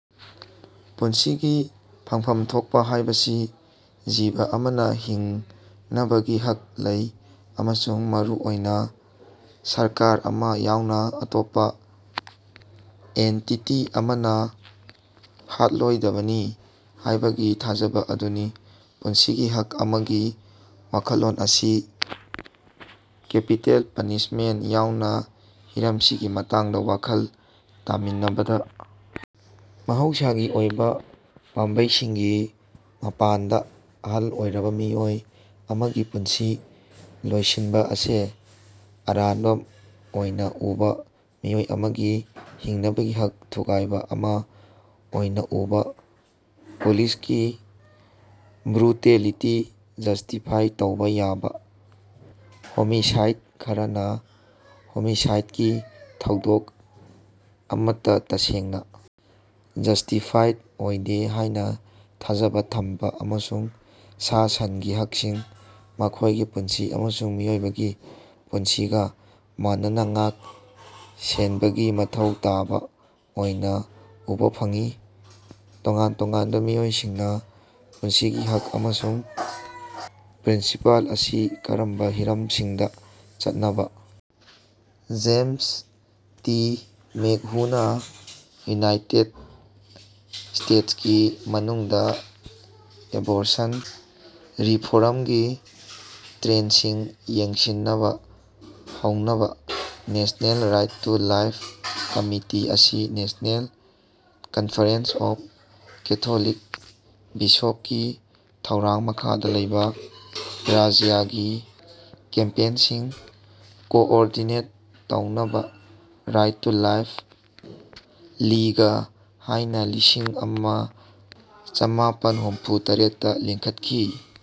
ꯄꯨꯟꯁꯤꯒꯤ ꯐꯪꯐꯝ ꯊꯣꯛꯄ ꯍꯥꯏꯕꯁꯤ ꯖꯤꯕ ꯑꯃꯅꯥ ꯍꯤꯡꯅꯕꯒꯤ ꯍꯛ ꯂꯩ ꯑꯃꯁꯨꯡ ꯃꯔꯨꯑꯣꯏꯅꯥ ꯁꯔꯀꯥꯔ ꯑꯃꯥ ꯌꯥꯎꯅꯥ ꯑꯇꯣꯞꯄꯥ ꯑꯦꯟꯇꯤꯇꯤ ꯑꯃꯅꯥ ꯍꯥꯠꯂꯣꯏꯗꯕꯅꯤ ꯍꯥꯏꯕꯒꯤ ꯊꯥꯖꯕꯥ ꯑꯗꯨꯅꯤ꯫ ꯄꯨꯟꯁꯤꯒꯤ ꯍꯛ ꯑꯃꯒꯤ ꯋꯥꯈꯜꯂꯣꯟ ꯑꯁꯤ ꯀꯦꯄꯤꯇꯦꯜ ꯄꯅꯤꯁꯃꯦꯟꯠ ꯌꯥꯎꯅꯥ ꯍꯤꯔꯝꯁꯤꯡꯒꯤ ꯃꯇꯥꯡꯗꯥ ꯋꯥꯈꯜ ꯇꯥꯃꯤꯟꯅꯕꯗꯥ ꯃꯍꯧꯁꯥꯒꯤ ꯑꯣꯏꯕꯥ ꯄꯥꯝꯕꯩꯁꯤꯡꯒꯤ ꯃꯄꯥꯟꯗꯥ ꯑꯍꯜ ꯑꯣꯏꯔꯕꯥ ꯃꯤꯑꯣꯏ ꯑꯃꯒꯤ ꯄꯨꯟꯁꯤ ꯂꯣꯏꯁꯤꯅꯕꯥ ꯑꯁꯤ ꯑꯔꯥꯟꯕꯥ ꯑꯣꯏꯅꯥ ꯎꯕꯥ ꯃꯤꯑꯣꯏ ꯑꯃꯒꯤ ꯍꯤꯡꯅꯕꯒꯤ ꯍꯛ ꯊꯨꯒꯥꯏꯕꯥ ꯑꯃꯥ ꯑꯣꯏꯅꯥ ꯎꯕꯥ ꯄꯨꯂꯤꯁꯀꯤ ꯕ꯭ꯔꯨꯇꯦꯂꯤꯇꯤ ꯖꯁ꯭ꯇꯤꯐꯥꯏ ꯇꯧꯕꯥ ꯌꯥꯕꯥ ꯍꯣꯃꯤꯁꯥꯏꯗ ꯈꯔꯅꯥ ꯍꯣꯃꯤꯁꯥꯏꯗꯀꯤ ꯊꯧꯗꯣꯛ ꯑꯃꯠꯇꯥ ꯇꯁꯦꯡꯅꯥ ꯖꯁ꯭ꯇꯤꯐꯥꯏꯗ ꯑꯣꯏꯗꯦ ꯍꯥꯏꯅꯥ ꯊꯥꯖꯕꯥ ꯊꯝꯕꯥ ꯑꯃꯁꯨꯡ ꯁꯥ ꯁꯟꯒꯤ ꯍꯛꯁꯤꯡ ꯃꯈꯣꯏꯒꯤ ꯄꯨꯟꯁꯤ ꯑꯁꯤ ꯃꯤꯑꯣꯏꯕꯒꯤ ꯄꯨꯟꯁꯤꯒꯥ ꯃꯥꯟꯅꯅꯥ ꯉꯥꯛ ꯁꯦꯅꯕꯒꯤ ꯃꯊꯧ ꯇꯥꯕꯥ ꯑꯣꯏꯅꯥ ꯎꯕꯥ ꯐꯪꯏ꯫ ꯇꯣꯉꯥꯟ ꯇꯣꯉꯥꯟꯕꯥ ꯃꯤꯑꯣꯏꯁꯤꯡꯅꯥ ꯄꯨꯟꯁꯤꯒꯤ ꯍꯛ ꯑꯃꯒꯤ ꯄ꯭ꯔꯤꯟꯁꯤꯄꯜ ꯑꯁꯤ ꯀꯔꯝꯕꯥ ꯍꯤꯔꯝꯁꯤꯡꯗꯥ ꯆꯠꯅꯕꯥ ꯖꯦꯝꯁ ꯇꯤ ꯃꯦꯀꯍꯨꯅꯥ ꯌꯨꯅꯥꯏꯇꯦꯗ ꯁ꯭ꯇꯦꯇꯁꯀꯤ ꯃꯅꯨꯡꯗꯥ ꯑꯦꯕꯣꯔꯁꯟ ꯔꯤꯐꯣꯔ꯭ꯝꯒꯤ ꯇ꯭ꯔꯦꯟꯗꯁꯤꯡ ꯌꯦꯡꯁꯤꯅꯕꯥ ꯍꯧꯅꯕꯥ꯫ National right to life committee ꯑꯁꯤ ꯅꯦꯁꯅꯦꯜ ꯀꯅꯐꯔꯦꯟꯁ ꯑꯣꯐ ꯀꯦꯊꯣꯂꯤꯛ ꯕꯤꯁꯣꯞꯀꯤ ꯊꯧꯔꯥꯡ ꯃꯈꯥꯗꯥ ꯂꯩꯕꯥ ꯔꯥꯖ꯭ꯌꯒꯤ ꯀꯦꯝꯄꯦꯟꯁꯤꯡ ꯀꯣꯑꯣꯔꯗꯤꯅꯦꯠ ꯇꯧꯅꯕꯥ ꯔꯥꯏꯠ ꯇꯨ ꯂꯥꯏꯐ ꯂꯤꯒ ꯍꯥꯌꯅꯥ ꯂꯤꯁꯤꯡ ꯑꯃ ꯆꯃꯥꯄꯟ ꯍꯨꯝꯐꯨ ꯇꯔꯦꯠꯇ ꯂꯤꯡꯈꯠꯈꯤ꯫